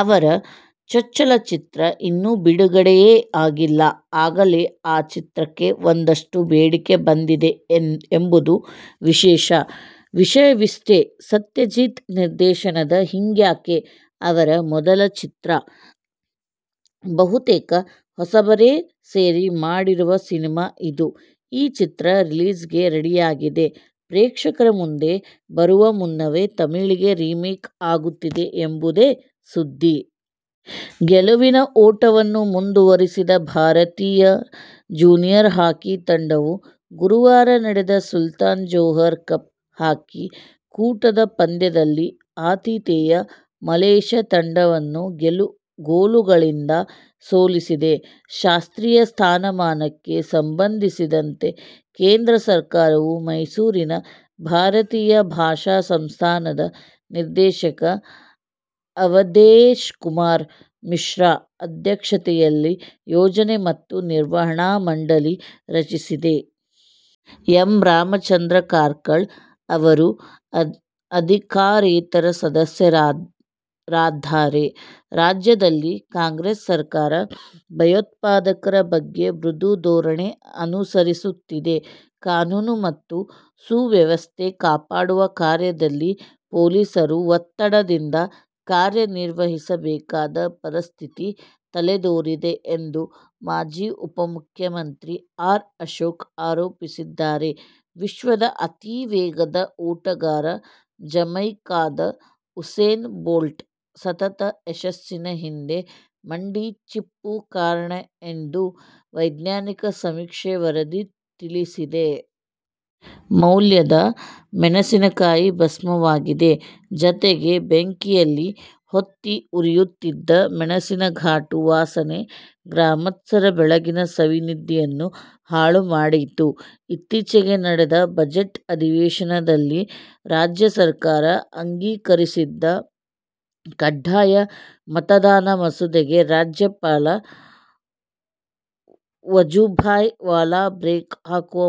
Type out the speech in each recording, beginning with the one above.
ಅವರ ಚೊಚ್ಚಲ ಚಿತ್ರ ಇನ್ನೂ ಬಿಡುಗಡೆಯೇ ಆಗಿಲ್ಲ. ಆಗಲೇ ಆ ಚಿತ್ರಕ್ಕೆ ಒಂದಷ್ಟು ಬೇಡಿಕೆ ಬಂದಿದೆ ಎಂಬುದು ವಿಶೇಷ. ವಿಷಯವಿಷ್ಟೇ, ಸತ್ಯಜಿತ್ ನಿರ್ದೇಶನದ ಹಿಂಗ್ಯಾಕೆ' ಅವರ ಮೊದಲ ಚಿತ್ರ. ಬಹುತೇಕ ಹೊಸಬರೇ ಸೇರಿ ಮಾಡಿರುವ ಸಿನಿಮಾ ಇದು. ಈ ಚಿತ್ರ ರಿಲೀಸ್ಗೆ ರೆಡಿಯಾಗಿದೆ. ಪ್ರೇಕ್ಷಕರ ಮುಂದೆ ಬರುವ ಮುನ್ನವೇ ತಮಿಳಿಗೆ ರಿಮೇಕ್ ಆಗುತ್ತಿದೆ ಎಂಬುದೇ ಸುದ್ದಿ. ಗೆಲುವಿನ ಓಟವನ್ನು ಮುಂದುವರಿಸಿದ ಭಾರತೀಯ ಜೂನಿಯರ್ ಹಾಕಿ ತಂಡವು ಗುರುವಾರ ನಡೆದ ಸುಲ್ತಾನ್ ಜೋಹರ್ ಕಪ್ ಹಾಕಿ ಕೂಟದ ಪಂದ್ಯದಲ್ಲಿ ಆತಿಥೇಯ ಮಲೇಶ್ಯ ತಂಡವನ್ನು ಗೋಲುಗಳಿಂದ ಸೋಲಿಸಿದೆ. ಶಾಸ್ತ್ರೀಯ ಸ್ಥಾನಮಾನಕ್ಕೆ ಸಂಬಂಧಿಸಿದಂತೆ ಕೇಂದ್ರ ಸರ್ಕಾರವು ಮೈಸೂರಿನ ಭಾರತೀಯ ಭಾಷಾ ಸಂಸ್ಥಾನದ ನಿರ್ದೇಶಕ ಅವಧೇಶ್ಕುಮಾರ್ ಮಿಶ್ರಾ ಅಧ್ಯಕ್ಷತೆಯಲ್ಲಿ ಯೋಜನೆ ಮತ್ತು ನಿರ್ವಹಣಾ ಮಂಡಳಿ ರಚಿಸಿದೆ. ಎಂ. ರಾಮಚಂದ್ರ ಕಾರ್ಕಳ ಅವರು ಅಧಿಕಾರೇತರ ಸದಸ್ಯರಾದ್ದಾರೆ. ರಾಜ್ಯದಲ್ಲಿ ಕಾಂಗ್ರೆಸ್ ಸರಕಾರ ಭಯೋತ್ಪಾದಕರ ಬಗ್ಗೆ ಮೃದು ಧೋರಣೆ ಅನುಸರಿಸುತ್ತಿದೆ. ಕಾನೂನು ಮತ್ತು ಸುವ್ಯವಸ್ಥೆ ಕಾಪಾಡುವ ಕಾರ್ಯದಲ್ಲಿ ಪೊಲೀಸರು ಒತ್ತಡದಿಂದ ಕಾರ್ಯ ನಿರ್ವಹಿಸಬೇಕಾದ ಪರಿಸ್ಥಿತಿ ತಲೆದೋರಿದೆ ಎಂದು ಮಾಜಿ ಉಪಮುಖ್ಯಮಂತ್ರಿ ಆರ್. ಅಶೋಕ್ ಆರೋಪಿಸಿದ್ದಾರೆ. ವಿಶ್ವದ ಅತಿ ವೇಗದ ಓಟಗಾರ ಜಮೈಕಾದ ಉಸೇನ್ ಬೋಲ್ಟ್ ಸತತ ಯಶಸ್ಸಿನ ಹಿಂದೆ ಮಂಡಿ ಚಿಪ್ಪು ಕಾರಣ ಎಂದು ವೈಜ್ಞಾನಿಕ ಸಮೀಕ್ಷೆ ವರದಿ ತಿಳಿಸಿದೆ. ಮೌಲ್ಯದ ಮೆಣಸಿನಕಾಯಿ ಭಸ್ಮವಾಗಿದೆ. ಜತೆಗೆ, ಬೆಂಕಿಯಲ್ಲಿ ಹೊತ್ತಿ ಉರಿಯುತ್ತಿದ್ದ ಮೆಣಸಿನ ಘಾಟು ವಾಸನೆ ಗ್ರಾಮಸ್ಥರ ಬೆಳಗಿನ ಸವಿ ನಿದ್ದೆಯನ್ನು ಹಾಳು ಮಾಡಿತು. ಇತ್ತೀಚೆಗೆ ನಡೆದ ಬಜೆಟ್ ಅಧಿವೇಶನದಲ್ಲಿ ರಾಜ್ಯ ಸರ್ಕಾರ ಅಂಗೀಕರಿಸಿದ್ದ ಕಡ್ಡಾಯ ಮತದಾನ ಮಸೂದೆಗೆ ರಾಜ್ಯಪಾಲ ವಜೂಭಾಯ್ ವಾಲಾ ಬ್ರೇಕ್ ಹಾಕುವ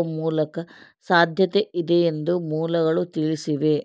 ಸಾಧ್ಯತೆ ಇದೆ ಎಂದು ಮೂಲಗಳು ತಿಳಿಸಿವೆ.